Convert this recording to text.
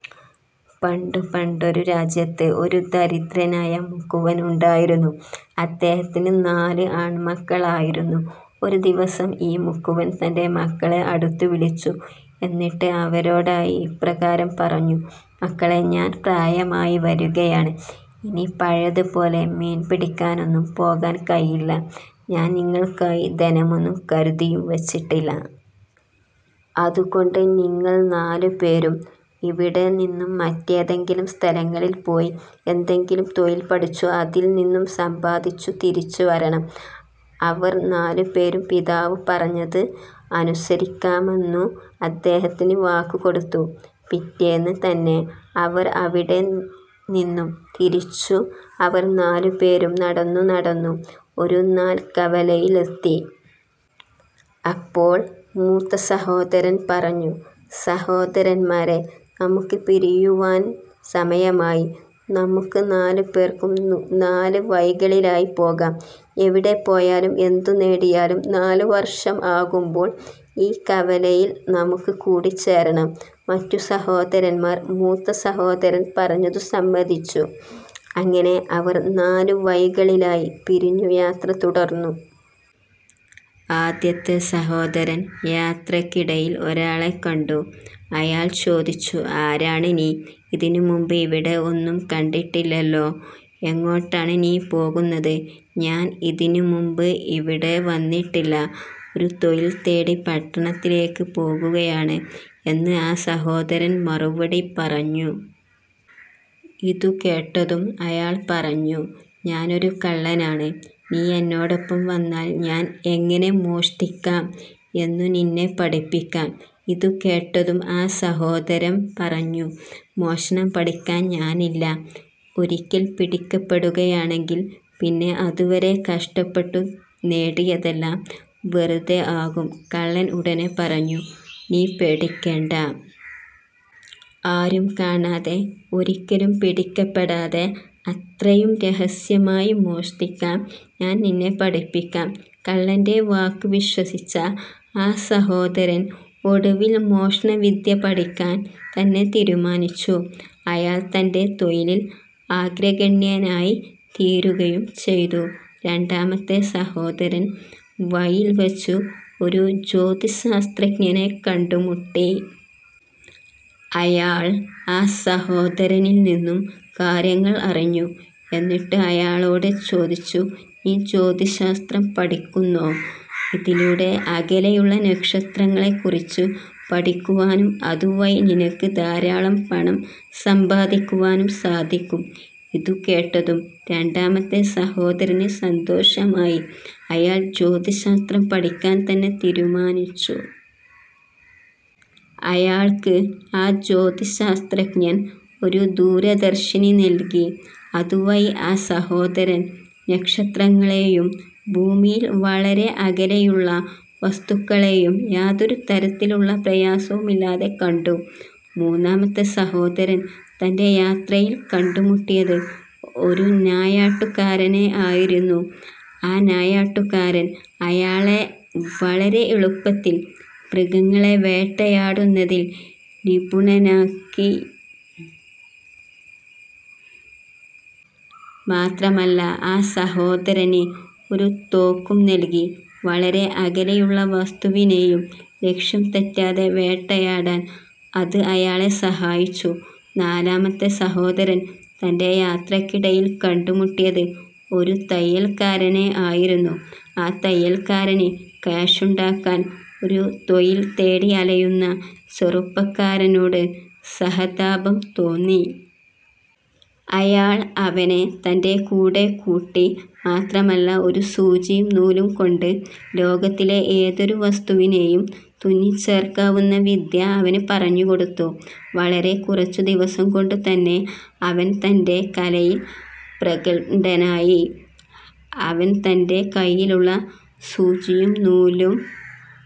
പണ്ടു പണ്ടൊരു രാജ്യത്ത് ഒരു ദരിദ്രനായ മുക്കുവൻ ഉണ്ടായിരുന്നു. അദ്ദേഹത്തിന് നാല് ആണ്മക്കളായിരുന്നു. ഒരു ദിവസം ഈ മുക്കുവൻ തന്റെ മക്കളെ അടുത്തു വിളിച്ചു. എന്നിട്ടു അവരോടായി ഇപ്രകാരം പറഞ്ഞു. "മക്കളെ, ഞാൻ പ്രായമായി വരുകയാണ്. ഇനി പഴയത് പോലെ മീൻപിടിക്കാനൊന്നും പോകാൻ കഴിയില്ല. ഞാൻ നിങ്ങൾക്കായി ധനമൊന്നും കരുതിയും വച്ചിട്ടില്ല. അതുകൊണ്ട് നിങ്ങൾ നാലു പേരും ഇവിടെ നിന്നും മറ്റേതെങ്കിലും സ്ഥലങ്ങളിൽ പോയി എന്തെങ്കിലും തൊഴിൽ പഠിച്ചു അതിൽ നിന്നും സമ്പാദിച്ചു തിരിച്ചു വരണം. " അവർ നാലുപേരും പിതാവ് പറഞ്ഞത് അനുസരിക്കാമെന്നു അദ്ദേഹത്തിന് വാക്ക് കൊടുത്തു. പിറ്റേന്ന് തന്നെ അവർ അവിടെ നിന്നും തിരിച്ചു. അവർ നാലു പേരും നടന്നു നടന്നു ഒരു നാൽക്കവലയിൽ എത്തി. അപ്പോൾ മൂത്തസഹോദരൻ പറഞ്ഞു "സഹോദരന്മാരെ നമുക്ക് പിരിയുവാൻ സമയമായി. നമുക്ക് നാലുപേർക്കും നാല് വഴികളിലായി പോകാം. എവിടെ പോയാലും എന്തു നേടിയാലും നാലു വർഷം ആകുമ്പോൾ ഈ കവലയിൽ നമുക്ക് കൂടിച്ചേരണം. " മറ്റു സഹോദരന്മാർ മൂത്ത സഹോദരൻ പറഞ്ഞതു സമ്മതിച്ചു. അങ്ങനെ അവർ നാലു വഴികളിലായി പിരിഞ്ഞു യാത്ര തുടർന്നു. ആദ്യത്തെ സഹോദരൻ യാത്രക്കിടയിൽ ഒരാളെ കണ്ടു. അയാൾ ചോദിച്ചു "ആരാണ് നീ? ഇതിനു മുൻപ് ഇവിടെ ഒന്നും കണ്ടിട്ടില്ലലോ. എങ്ങോട്ടാണ് നീ പോകുന്നത്? "ഞാൻ ഇതിനു മുൻപ് ഇവിടെ വന്നിട്ടില്ല. ഒരു തൊഴിൽ തേടി പട്ടണത്തിലേക്ക് പോകുകയാണ്. " എന്ന് ആ സഹോദരൻ മറുപടി പറഞ്ഞു. ഇതു കേട്ടതും അയാൾ പറഞ്ഞു. "ഞാനൊരു കള്ളനാണ്. നീ എന്നോടൊപ്പം വന്നാൽ ഞാൻ എങ്ങനെ മോഷ്ടിക്കാം എന്നു നിന്നെ പഠിപ്പിക്കാം. " ഇതുകേട്ടതും ആ സഹോദരൻ പറഞ്ഞു "മോഷണം പഠിക്കാൻ ഞാനില്ല. ഒരിക്കൽ പിടിക്കപ്പെടുകയാണെങ്കിൽ പിന്നെ അതുവരെ കഷ്ടപ്പെട്ടു നേടിയതെല്ലാം വെറുതെ ആകും. " കള്ളൻ ഉടനെ പറഞ്ഞു "നീ പേടിക്കണ്ട. ആരും കാണാതെ ഒരിക്കലും പിടിക്കപ്പെടാതെ അത്രയും രഹസ്യമായി മോഷ്ടിക്കാൻ ഞാൻ നിന്നെ പഠിപ്പിക്കാം. " കള്ളന്റെ വാക്ക് വിശ്വസിച്ച ആ സഹോദരൻ ഒടുവിൽ മോഷണവിദ്യ പഠിക്കാൻ തന്നെ തീരുമാനിച്ചു. അയാൾ തന്റെ തൊഴിലിൽ ആഗ്രഗണ്യനായി തീരുകയും ചെയ്തു. രണ്ടാമത്തെ സഹോദരൻ വഴിയിൽ വച്ചു ഒരു ജ്യോതിശാസ്ത്രജ്ഞനെ കണ്ടുമുട്ടി. അയാൾ ആ സഹോദരനിൽ നിന്നും കാര്യങ്ങൾ അറിഞ്ഞു. എന്നിട്ടു അയാളോട് ചോദിച്ചു "നീ ജ്യോതിശാസ്ത്രം പഠിക്കുന്നോ? ഇതിലൂടെ അകലെയുള്ള നക്ഷത്രങ്ങളെ കുറിച്ചു പഠിക്കുവാനും അതുവഴി നിനക്ക് ധാരാളം പണം സമ്പാദിക്കുവാനും സാധിക്കും. " ഇതുകേട്ടതും രണ്ടാമത്തെ സഹോദരന് സന്തോഷമായി. അയാൾ ജ്യോതിശാസ്ത്രം പഠിക്കാൻ തന്നെ തീരുമാനിച്ചു. അയാൾക്ക് ആ ജ്യോതിശാസ്ത്രജ്ഞൻ ഒരു ദൂരദർശിനി നൽകി. അതുവഴി ആ സഹോദരൻ നക്ഷത്രങ്ങളെയും ഭൂമിയിൽ വളരെ അകലെയുള്ള വസ്തുക്കളെയും യാതൊരു തരത്തിലുള്ള പ്രയാസവുമില്ലാതെ കണ്ടു. മൂന്നാമത്തെ സഹോദരൻ തന്റെ യാത്രയിൽ കണ്ടുമുട്ടിയത് ഒരു നായാട്ടുകാരനെ ആയിരുന്നു. ആ നായാട്ടുകാരൻ അയാളെ വളരെ എളുപ്പത്തിൽ മൃഗങ്ങളെ വേട്ടയാടുന്നത്തിൽ നിപുണനാക്കി. മാത്രമല്ല ആ സഹോദരന് ഒരു തോക്കും നൽകി. വളരെ അകലെയുള്ള വസ്തുവിനെയും ലക്ഷ്യം തെറ്റാതെ വേട്ടയാടാൻ അത് അയാളെ സഹായിച്ചു. നാലാമത്തെ സഹോദരൻ തന്റെ യാത്രക്കിടയിൽ കണ്ടുമുട്ടിയത് ഒരു തയ്യൽക്കാരനെ ആയിരുന്നു. ആ തയ്യൽക്കാരന് കാശുണ്ടാക്കാൻ ഒരു തൊഴിൽ തേടി അലയുന്ന ചെറുപ്പക്കാരനോട് സഹതാപം തോന്നി. അയാൾ അവനെ തന്റെ കൂടെ കൂട്ടി. മാത്രമല്ല ഒരു സൂചിയും നൂലും കൊണ്ട് ലോകത്തിലെ ഏതൊരു വസ്തുവിനെയും തുന്നിച്ചേർക്കാവുന്ന വിദ്യ അവനു പറഞ്ഞു കൊടുത്തു. വളരെ കുറച്ചു ദിവസം കൊണ്ടു തന്നെ അവൻ തന്റെ കലയിൽ പ്രഗത്ഭനായി. അവൻ തന്റെ കൈയിലുള്ള സൂചിയും നൂലും